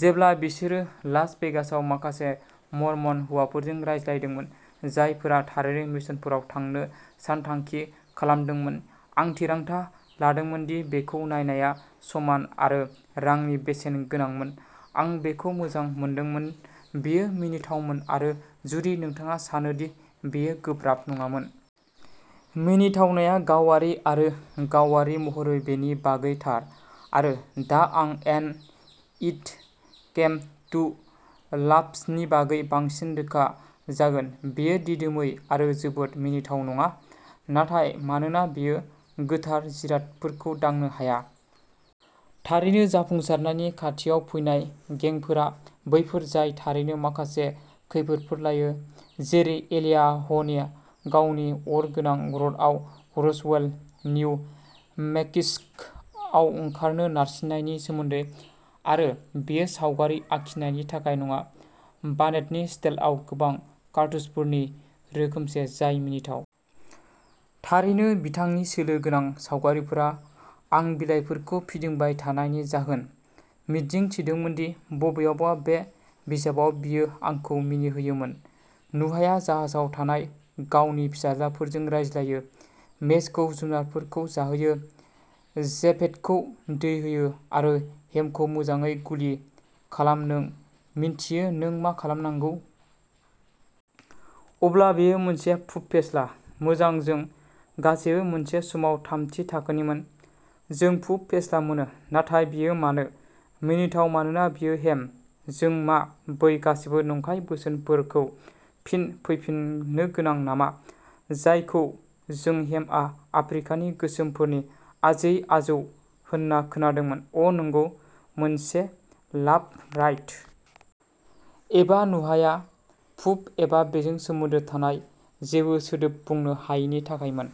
जेब्ला बिसोरो लास भेगासआव माखासे मर्मन हौवाफोरजों रायज्लायदोंमोन, जायफोरा थारैनो मिशनफोराव थांनो सानथांखि खालामदोंमोन, आं थिरांथा लादोंमोन दि बेखौ नायनाया समान आरो रांनि बेसेन गोनांमोन। आं बेखौ मोजां मोनदोंमोन। बेयो मिनिथावमोन। आरो जुदि नोंथाङा सानो दि बेयो गोब्राब नङामोन। मिनिथावनाया गावारि, आरो गावारि महरै बेनि बागै थार। आरो दा आं एन्ड इट केम टु लाफ्सनि बागै बांसिन रोखा जागोन। बेयो दिदोमै आरो जोबोद मिनिथाव नङा। नाथाय मानोना बेयो गोथार जिरादफोरखौ दांनो हाया। थारैनो, जाफुंसारनायनि खाथियाव फैनाय गेगफोरा बैफोर जाय थारैनो माखासे खैफोदफोर लायो, जेरै एलियाहनि गावनि अरगोनां रथआव रसवेल, निउ मेकिसक'आव ओंखारनो नारसिनजानायनि सोमोन्दै। आरो बेयो सावगारि आखिनायनि थाखाय नङा। बार्नेटनि स्टाइलआ गोबां कार्टुनिस्टफोरनि रोखोमसे जाय मिनिथाव। थारैनो, बिथांनि सोलो गोनां सावगारिफोरा आं बिलाइफोरखौ फिदिंबाय थानायनि जाहोन, मिजिं थिदोंमोन दि बबेयावबा बे बिजाबाव बियो आंखौ मिनिहोयोमोन। नुहाया जाहाजाव थानाय गावनि फिसाज्लाफोरजों रायज्लायो, शेमखौ जुनारफोरखौ जाहोनो, जेफेथखौ दै होनो, आरो हेमखौ मोजाङै गुलि खालाम नों मिन्थियो नों मा खालामनांगौ। अब्ला बेयो मोनसे पुप फेस्ला। मोजां, जों गासैबो मोनसे समाव थामथि थाखोनिमोन, जों पुप फेस्ला मोनो। नाथाय बेयो मानो मिनिथाव मानोना बेयो हेम जों मा बै गासैबो नंखाय बोसोनफोर खौ फिन फैफिननो गोनां नामा जायखौ जों हेमआ आफ्रिकानि गोसोमफोरनि आजै-आजौ होनना खोनादोंमोन अ, नंगौ, मोनसे लाफ रायट। एबा नुहाया पुप एबा बेजों सोमोन्दो थानाय जेबो सोदोब बुंनो हायैनि थाखायमोन,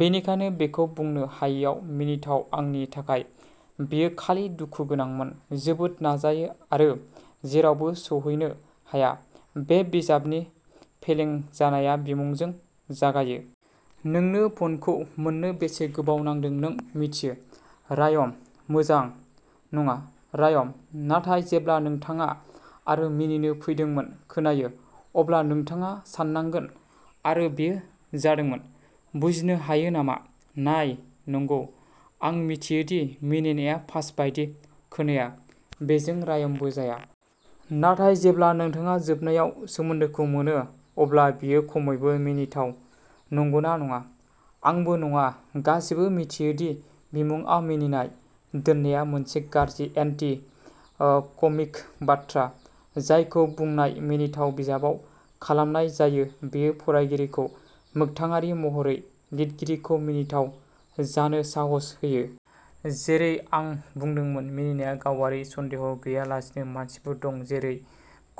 बेनिखायनो बेखौ बुंनो हायैआ मिनिथाव आंनि थाखाय, बेयो खालि दुखु गोनांमोन। जोबोद नाजायो, आरो जेरावबो सौहैनो हाया। बे बिजाबनि फेलें जानाया बिमुंजों जागायो। नोंनो पनखौ मोन्नो बेसे गोबाव नांदों नों मिथियो, रायम? मोजां, नङा। रायम, नाथाय जेब्ला नोंथाङा आरो मिनिनो फैदोंमोन खोनायो, अब्ला नोंथाङा साननांगोन आरो बेयो जादोंमोन। बुजिनो हायो नामा? नाय? नंगौ, आं मिथियो दि मिनिनाया पास बायदि खोनाया, बेजों रायमबो जाया। नाथाय जेब्ला नोंथाङा जोबनायाव सोमोन्दोखौ मोनो, अब्ला बेयो खमैबो मिनिथाव, नंगौना नङा? आंबो नङा। गासैबो मिथियो दि बिमुंआव मिनिनाय दोननाया मोनसे गाज्रि एन्टी कमिक बाथ्रा, जायखौ बुंनाय मिनिथाव बिजाबाव खालामनाय जायो बेयो फरायगिरिखौ मोगथाङारि महरै लिरगिरिखौ मिनिथाव जानो साहस होयो। जेरै आं बुंदोंमोन, मिनिनाया गावारि। सन्देह गैयालासेनो मानसिफोर दं जेरै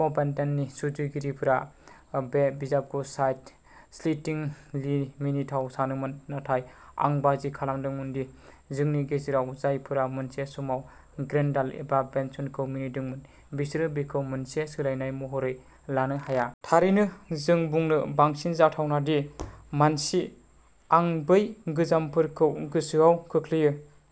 कभेनेन्टनि सुजुगिरिफोरा जायफोरा बे बिजाबखौ साइड स्प्लिटिंलि मिनिथाव सानोमोन। नाथाय आं बाजि खालामदों दि जोंनि गेजेराव जायफोरा मोनसे समाव ग्रेन्डाल एबा बेनसनखौ मिनिदोंमोन, बिसोरो बेखौ मोनसे सोलाय महरै लानो हाया। थारैनो, जों बुंनो बांसिन जाथावना दि, मानसि, आं बै गोजामफोरखौ गोसोआव खोख्लैयो।